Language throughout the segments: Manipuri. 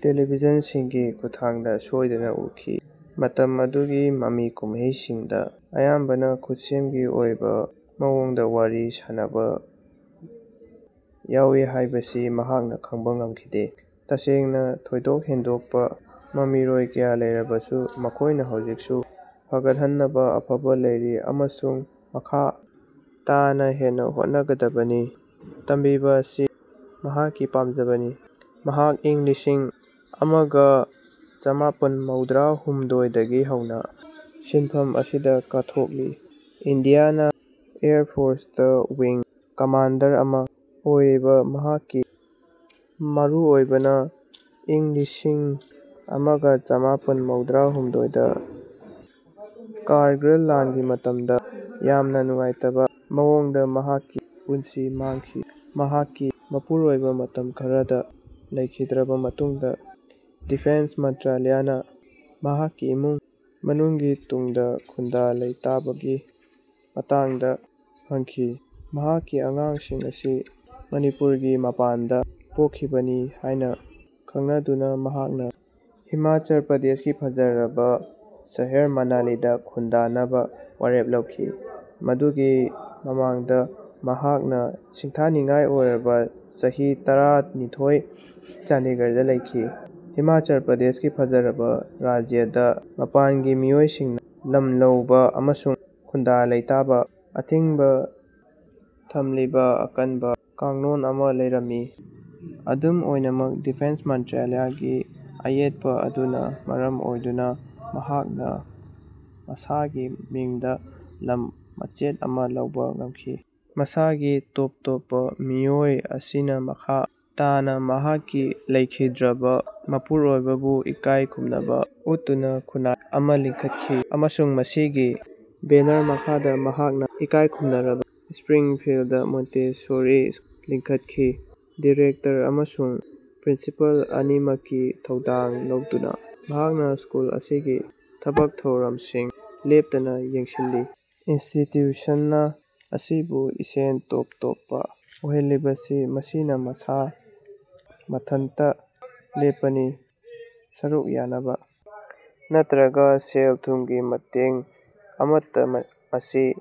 ꯇꯦꯂꯤꯕꯤꯖꯟ ꯁꯤꯡꯒꯤ ꯈꯨꯠꯊꯥꯡꯗ ꯁꯣꯏꯗꯅ ꯎꯈꯤ꯫ ꯃꯇꯝ ꯑꯗꯨꯒꯤ ꯃꯃꯤ ꯀꯨꯝꯍꯩꯁꯤꯡꯗ ꯑꯌꯥꯝꯕꯅ ꯈꯨꯠꯁꯦꯝꯒꯤ ꯑꯣꯏꯕ ꯃꯑꯣꯡꯗ ꯋꯥꯔꯤ ꯁꯥꯅꯕ ꯌꯥꯎꯋꯤ ꯍꯥꯏꯕꯁꯤ ꯃꯍꯥꯛꯅ ꯈꯡꯕ ꯉꯝꯈꯤꯗꯦ꯫ ꯇꯁꯦꯡꯅ ꯊꯣꯏꯗꯣꯛ ꯍꯦꯟꯗꯣꯛꯄ ꯃꯃꯤꯔꯣꯏ ꯀꯌꯥ ꯂꯩꯔꯕꯁꯨ, ꯃꯈꯣꯏꯅ ꯍꯧꯖꯤꯛꯁꯨ ꯐꯒꯠꯍꯟꯅꯕ ꯃꯐꯝ ꯂꯩꯔꯤ ꯑꯃꯁꯨꯡ ꯃꯈꯥ ꯇꯥꯅ ꯍꯦꯟꯅ ꯍꯣꯠꯅꯒꯗꯕꯅꯤ꯫ ꯇꯝꯕꯤꯕ ꯑꯁꯤ ꯃꯍꯥꯛꯀꯤ ꯄꯥꯝꯖꯕꯅꯤ꯫ ꯃꯍꯥꯛ ꯏꯪ ꯂꯤꯁꯤꯡ ꯑꯃꯒ ꯆꯃꯥꯄꯟ ꯃꯩꯗ꯭ꯔꯥꯍꯨꯝꯗꯣꯢ ꯗꯒꯤ ꯍꯧꯅ ꯁꯤꯟꯐꯝ ꯑꯁꯤꯗ ꯀꯠꯊꯣꯛꯂꯤ꯫ Indian air force wing commander ꯑꯃꯥ ꯑꯣꯏꯔꯤꯕ ꯃꯍꯥꯛꯀꯤ ꯃꯄꯨꯔꯣꯏꯕꯅ ꯏꯪ ꯂꯤꯁꯤꯡ ꯑꯃꯒ ꯆꯃꯥꯄꯟ ꯃꯩꯗ꯭ꯔꯥꯍꯨꯝꯗꯣꯢ ꯗ ꯀꯥꯔꯒꯤꯜ ꯂꯥꯟꯒꯤ ꯃꯇꯝꯗ ꯌꯥꯝꯅ ꯅꯨꯡꯉꯥꯏꯇꯕ ꯃꯑꯣꯡꯗ ꯃꯍꯥꯛꯀꯤ ꯄꯨꯟꯁꯤ ꯃꯥꯡꯈꯤ꯫ ꯃꯍꯥꯛꯀꯤ ꯃꯄꯨꯔꯣꯏꯕ ꯃꯇꯝ ꯈꯔꯗ ꯂꯩꯈꯤꯗ꯭ꯔꯕ ꯃꯇꯨꯡꯗ ꯗꯤꯐꯦꯟ꯭ꯁ ꯃꯟꯇ꯭ꯔꯥꯂꯌꯅ ꯃꯍꯥꯛꯀꯤ ꯏꯃꯨꯡ ꯃꯅꯨꯡꯒꯤ ꯇꯨꯡꯗ ꯈꯨꯟꯗꯥ-ꯂꯩꯇꯥꯕꯒꯤ ꯃꯇꯥꯡꯗ ꯍꯪꯈꯤ꯫ ꯃꯍꯥꯛꯀꯤ ꯑꯉꯥꯡꯁꯤꯡ ꯑꯁꯤ ꯃꯅꯤꯄꯨꯔꯒꯤ ꯃꯄꯥꯟꯗ ꯄꯣꯛꯈꯤꯕꯅꯤ ꯍꯥꯏꯅ ꯈꯟꯅꯗꯨꯅ, ꯃꯍꯥꯛꯅ ꯍꯤꯃꯥꯆꯜ ꯄ꯭ꯔꯗꯦꯁꯀꯤ ꯐꯖꯔꯕ ꯁꯍꯔ ꯃꯅꯥꯂꯤꯗ ꯈꯨꯟꯗꯥꯅꯕ ꯋꯥꯔꯦꯞ ꯂꯧꯈꯤ꯫ ꯃꯗꯨꯒꯤ ꯃꯃꯥꯡꯗ ꯃꯍꯥꯛ ꯁꯤꯡꯊꯥꯅꯤꯡꯉꯥꯏ ꯑꯣꯏꯔꯕ ꯆꯍꯤ ꯇꯔꯥꯅꯤꯊꯣꯢ ꯆꯟꯗꯤꯒꯔꯗ ꯂꯩꯈꯤ꯫ ꯍꯤꯃꯥꯆꯜ ꯄ꯭ꯔꯗꯦꯁꯀꯤ ꯐꯖꯔꯕ ꯔꯥꯢꯖ꯭ꯌꯗ ꯃꯄꯥꯟꯒꯤ ꯃꯤꯑꯣꯏꯁꯤꯡꯅ ꯂꯝ ꯂꯧꯕ ꯑꯃꯁꯨꯡ ꯈꯨꯟꯗꯥ-ꯂꯩꯇꯥꯕ ꯑꯊꯤꯡꯕ ꯊꯝꯂꯤꯕ ꯑꯀꯟꯕ ꯀꯥꯡꯂꯣꯟ ꯑꯃ ꯂꯩꯔꯝꯃꯤ꯫ ꯑꯗꯨꯝ ꯑꯣꯏꯅꯃꯛ, ꯗꯤꯐꯦꯟ꯭ꯁ ꯃꯟꯇ꯭ꯔꯥꯂꯌꯒꯤ ꯑꯌꯦꯠꯄ ꯑꯗꯨꯅ ꯃꯔꯝ ꯑꯣꯏꯗꯨꯅ ꯃꯍꯥꯛꯅ ꯃꯁꯥꯒꯤ ꯃꯤꯡꯗ ꯂꯝ ꯃꯆꯦꯠ ꯑꯃ ꯂꯧꯕ ꯉꯝꯈꯤ꯫ ꯃꯁꯤꯒꯤ ꯇꯣꯞ-ꯇꯣꯞꯄ ꯃꯤꯑꯣꯏ ꯑꯁꯤꯅ ꯃꯈꯥ ꯇꯥꯅ ꯃꯍꯥꯛꯀꯤ ꯂꯩꯈꯤꯗ꯭ꯔꯕ ꯃꯄꯨꯔꯣꯏꯕꯕꯨ ꯏꯀꯥꯏ ꯈꯨꯝꯅꯕ ꯎꯠꯇꯨꯅ ꯈꯨꯟꯅꯥꯏ ꯑꯃ ꯂꯤꯡꯈꯠꯈꯤ, ꯑꯃꯁꯨꯡ ꯃꯁꯤꯒꯤ ꯕꯦꯅꯔ ꯃꯈꯥꯗ ꯃꯍꯥꯛꯅ ꯏꯀꯥꯏ ꯈꯨꯝꯅꯔꯕ 'ꯢꯁꯄ꯭ꯔꯤꯡꯐꯤꯜꯗ ꯃꯣꯟꯇꯦꯁꯣꯔꯤ ꯁ꯭ꯀꯨꯜ' ꯂꯤꯡꯈꯠꯈꯤ꯫ ꯗꯤꯔꯦꯛꯇꯔ ꯑꯃꯁꯨꯡ ꯄ꯭ꯔꯤꯟꯁꯤꯄꯜ ꯑꯅꯤꯃꯛꯀꯤ ꯊꯧꯗꯥꯡ ꯂꯧꯗꯨꯅ, ꯃꯍꯥꯛꯅ ꯁ꯭ꯀꯨꯜ ꯑꯁꯤꯒꯤ ꯊꯕꯛ ꯊꯧꯔꯝꯁꯤꯡ ꯂꯦꯞꯇꯅ ꯌꯦꯡꯁꯤꯜꯂꯤ꯫ ꯏꯟꯁꯇꯤꯇ꯭ꯌꯨꯁꯟ ꯑꯁꯤꯕꯨ ꯇꯁꯦꯡꯅ ꯇꯣꯞ-ꯇꯣꯞꯄ ꯑꯣꯏꯍꯜꯂꯤꯕꯁꯤ ꯃꯁꯤꯅ ꯃꯁꯥ ꯃꯊꯟꯇ ꯂꯦꯞꯄꯅꯤ, ꯁꯔꯨꯛ ꯌꯥꯅꯕ ꯅꯠꯇ꯭ꯔꯒ ꯁꯦꯜ-ꯊꯨꯝꯒꯤ ꯃꯇꯦꯡ ꯑꯃꯠꯇ ꯃꯁꯤ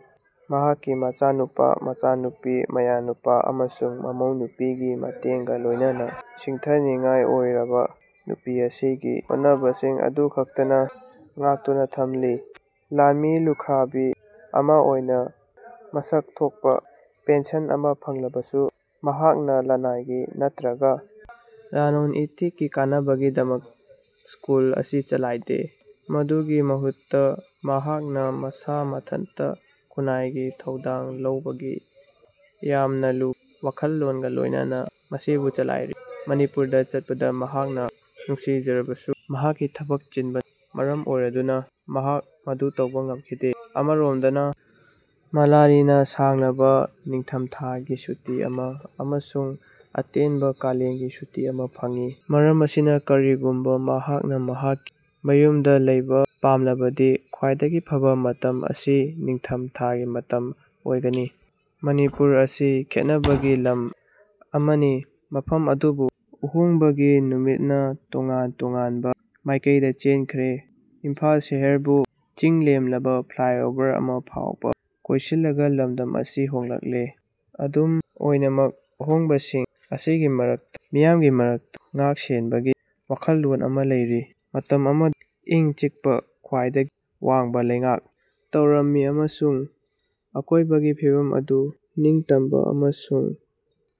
ꯃꯍꯥꯛꯀꯤ ꯃꯆꯥꯅꯨꯄꯥ, ꯃꯆꯥꯅꯨꯄꯤ, ꯃꯌꯥꯅꯨꯄꯥ ꯑꯃꯁꯨꯡ ꯃꯃꯧꯅꯨꯄꯤꯒꯤ ꯃꯇꯦꯡꯒ ꯂꯣꯏꯅꯅ ꯁꯤꯡꯊꯥꯅꯤꯡꯉꯥꯏ ꯑꯣꯏꯔꯕ ꯅꯨꯄꯤ ꯑꯁꯤꯒꯤ ꯍꯣꯠꯅꯕꯁꯤꯡ ꯑꯗꯨꯈꯛꯇꯅ ꯉꯥꯛꯇꯨꯅ ꯊꯝꯂꯤ꯫ ꯂꯥꯟꯃꯤꯒꯤ ꯂꯨꯈ꯭ꯔꯥꯕꯤ ꯑꯃ ꯑꯣꯏꯅ ꯃꯁꯛ ꯊꯣꯛꯄ ꯄꯦꯟꯁꯟ ꯑꯃ ꯐꯪꯂꯕꯁꯨ, ꯃꯍꯥꯛꯅ ꯂꯅꯥꯏꯒꯤ ꯅꯠꯇ꯭ꯔꯒ ꯂꯂꯣꯟ-ꯏꯇꯤꯛꯀꯤ ꯀꯥꯟꯅꯕꯒꯤꯗꯃꯛ ꯁ꯭ꯀꯨꯜ ꯑꯁꯤ ꯆꯂꯥꯏꯗꯦ꯫ ꯃꯗꯨꯒꯤ ꯃꯍꯨꯠꯇ ꯃꯍꯥꯛꯅ ꯃꯁꯥ ꯃꯊꯟꯇ ꯈꯨꯟꯅꯥꯏꯒꯤ ꯊꯧꯗꯥꯡ ꯂꯧꯕꯒꯤ ꯌꯥꯝꯅ ꯂꯨꯕ ꯋꯥꯈꯜꯂꯣꯟꯒ ꯂꯣꯏꯅꯅ ꯃꯁꯤꯕꯨ ꯆꯂꯥꯏꯔꯤ꯫ ꯃꯅꯤꯄꯨꯔꯗ ꯆꯠꯄꯗ ꯃꯍꯥꯛꯅ ꯅꯨꯡꯁꯤꯖꯔꯕꯁꯨ ꯃꯍꯥꯛꯀꯤ ꯊꯕꯛ ꯆꯤꯟꯕꯅ ꯃꯔꯝ ꯑꯣꯏꯗꯨꯅ ꯃꯍꯥꯛ ꯃꯗꯨ ꯇꯧꯕ ꯉꯝꯈꯤꯗꯦ꯫ ꯑꯃꯔꯣꯝꯗꯅ ꯃꯅꯥꯂꯤꯅ ꯁꯥꯡꯂꯕ ꯅꯤꯡꯊꯝꯊꯥꯒꯤ ꯁꯨꯇꯤ ꯑꯃ ꯑꯃꯁꯨꯡ ꯑꯇꯦꯟꯕ ꯀꯥꯂꯦꯟꯒꯤ ꯁꯨꯇꯤ ꯑꯃ ꯐꯪꯏ꯫ ꯃꯔꯝ ꯑꯁꯤꯅ ꯀꯔꯤꯒꯨꯝꯕ ꯃꯍꯥꯛꯅ ꯃꯍꯥꯛꯀꯤ ꯃꯌꯨꯝꯗ ꯂꯩꯕ ꯄꯥꯝꯂꯕꯗꯤ ꯈ꯭ꯋꯥꯏꯗꯒꯤ ꯐꯕ ꯃꯇꯝ ꯑꯁꯤ ꯅꯤꯡꯊꯝꯊꯥꯒꯤ ꯃꯇꯝꯗ ꯑꯣꯏꯒꯅꯤ꯫ ꯃꯅꯤꯄꯨꯔ ꯑꯁꯤ ꯈꯦꯠꯅꯕꯒꯤ ꯂꯝ ꯑꯃꯅꯤ ꯃꯐꯝ ꯑꯗꯨꯗ ꯑꯍꯣꯡꯕꯒꯤ ꯅꯨꯡꯁꯤꯠꯅ ꯇꯣꯉꯥꯟ ꯇꯣꯉꯥꯟꯕ ꯃꯥꯏꯀꯩꯁꯤꯡꯗ ꯆꯦꯟꯈ꯭ꯔꯦ꯫ ꯏꯝꯐꯥꯜ ꯁꯍꯔꯕꯨ ꯆꯤꯡꯂꯦꯝꯂꯕ ꯐ꯭ꯂꯥꯏꯑꯣꯕꯔ ꯑꯃ ꯐꯥꯎꯕ ꯀꯣꯏꯁꯤꯜꯂꯒ ꯂꯝꯗꯝ ꯑꯁꯤ ꯍꯣꯡꯂꯛꯂꯦ꯫ ꯑꯗꯨꯝ ꯑꯣꯏꯅꯃꯛ ꯑꯍꯣꯡꯕꯁꯤꯡ ꯑꯁꯤꯒꯤ ꯃꯔꯛꯇ ꯃꯤꯌꯥꯝꯒꯤ ꯃꯔꯛꯇ ꯉꯥꯛ-ꯁꯦꯟꯗꯕꯒꯤ ꯋꯥꯈꯜꯂꯣꯟ ꯑꯃ ꯂꯩꯔꯤ꯫ ꯃꯇꯝ ꯑꯃꯗ ꯏꯪ-ꯆꯤꯛꯄꯅ ꯈ꯭ꯋꯥꯏꯗꯒꯤ ꯋꯥꯡꯕ ꯂꯩꯉꯥꯛ ꯇꯧꯔꯝꯃꯤ ꯑꯃꯁꯨꯡ ꯑꯀꯣꯏꯕꯒꯤ ꯐꯤꯚꯝ ꯑꯗꯨ ꯅꯤꯡꯇꯝꯕ ꯑꯃꯁꯨꯡ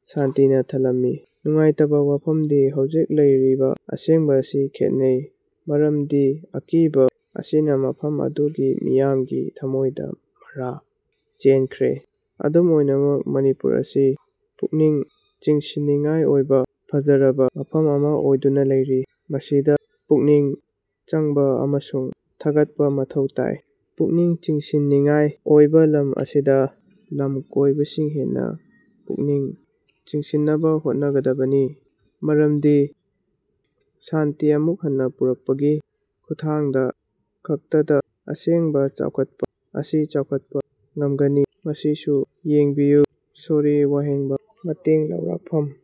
ꯁꯥꯟꯇꯤꯅ ꯊꯜꯂꯝꯃꯤ꯫ ꯅꯨꯡꯉꯥꯏꯇꯕ ꯋꯥꯐꯝꯗꯤ ꯍꯧꯖꯤꯛ ꯂꯩꯔꯤꯕ ꯑꯁꯦꯡꯕ ꯑꯁꯤ ꯈꯦꯠꯅꯩ ꯃꯔꯝꯗꯤ ꯑꯀꯤꯕ ꯑꯁꯤꯅ ꯃꯐꯝ ꯑꯗꯨꯒꯤ ꯃꯤꯌꯥꯝꯒꯤ ꯊꯃꯣꯏꯗ ꯃꯔꯥ ꯆꯦꯟꯈ꯭ꯔꯦ꯫ ꯑꯗꯨꯝ ꯑꯣꯏꯅꯃꯛ ꯃꯅꯤꯄꯨꯔ ꯑꯁꯤ ꯄꯨꯛꯅꯤꯡ ꯆꯤꯡꯁꯤꯟꯅꯤꯡꯉꯥꯏ ꯑꯣꯏꯕ ꯐꯖꯔꯕ ꯃꯐꯝ ꯑꯃ ꯑꯣꯏꯗꯨꯅ ꯂꯩꯔꯤ꯫ ꯃꯁꯤꯗ ꯄꯨꯛꯅꯤꯡ ꯆꯪꯕ ꯑꯃꯁꯨꯡ ꯊꯥꯒꯠꯄ ꯃꯊꯧ ꯇꯥꯏ꯫ ꯄꯨꯛꯅꯤꯡ ꯆꯤꯡꯁꯤꯟꯅꯤꯡꯉꯥꯏ ꯑꯣꯏꯕ ꯂꯝ ꯑꯁꯤꯗ ꯂꯝꯀꯣꯏꯕꯁꯤꯡ ꯍꯦꯟꯅ ꯄꯨꯛꯅꯤꯡ ꯆꯤꯡꯁꯤꯟꯅꯕ ꯍꯣꯠꯅꯒꯗꯕꯅꯤ꯫ ꯃꯔꯝꯗꯤ ꯁꯥꯟꯇꯤ ꯑꯃꯨꯛ ꯍꯟꯅ ꯄꯨꯔꯛꯄꯒꯤ ꯈꯨꯠꯊꯥꯡꯗ ꯈꯛꯇꯗ ꯑꯁꯦꯡꯕ ꯆꯥꯎꯈꯠꯄ ꯑꯁꯤ ꯆꯥꯎꯈꯠꯄ ꯉꯝꯒꯅꯤ꯫ ꯃꯁꯤꯁꯨ ꯌꯦꯡꯕꯤꯌꯨ ꯁꯣꯔꯤ ꯋꯥꯍꯦꯡꯕꯝ, ꯃꯇꯦꯡ ꯂꯧꯔꯛꯐꯝ।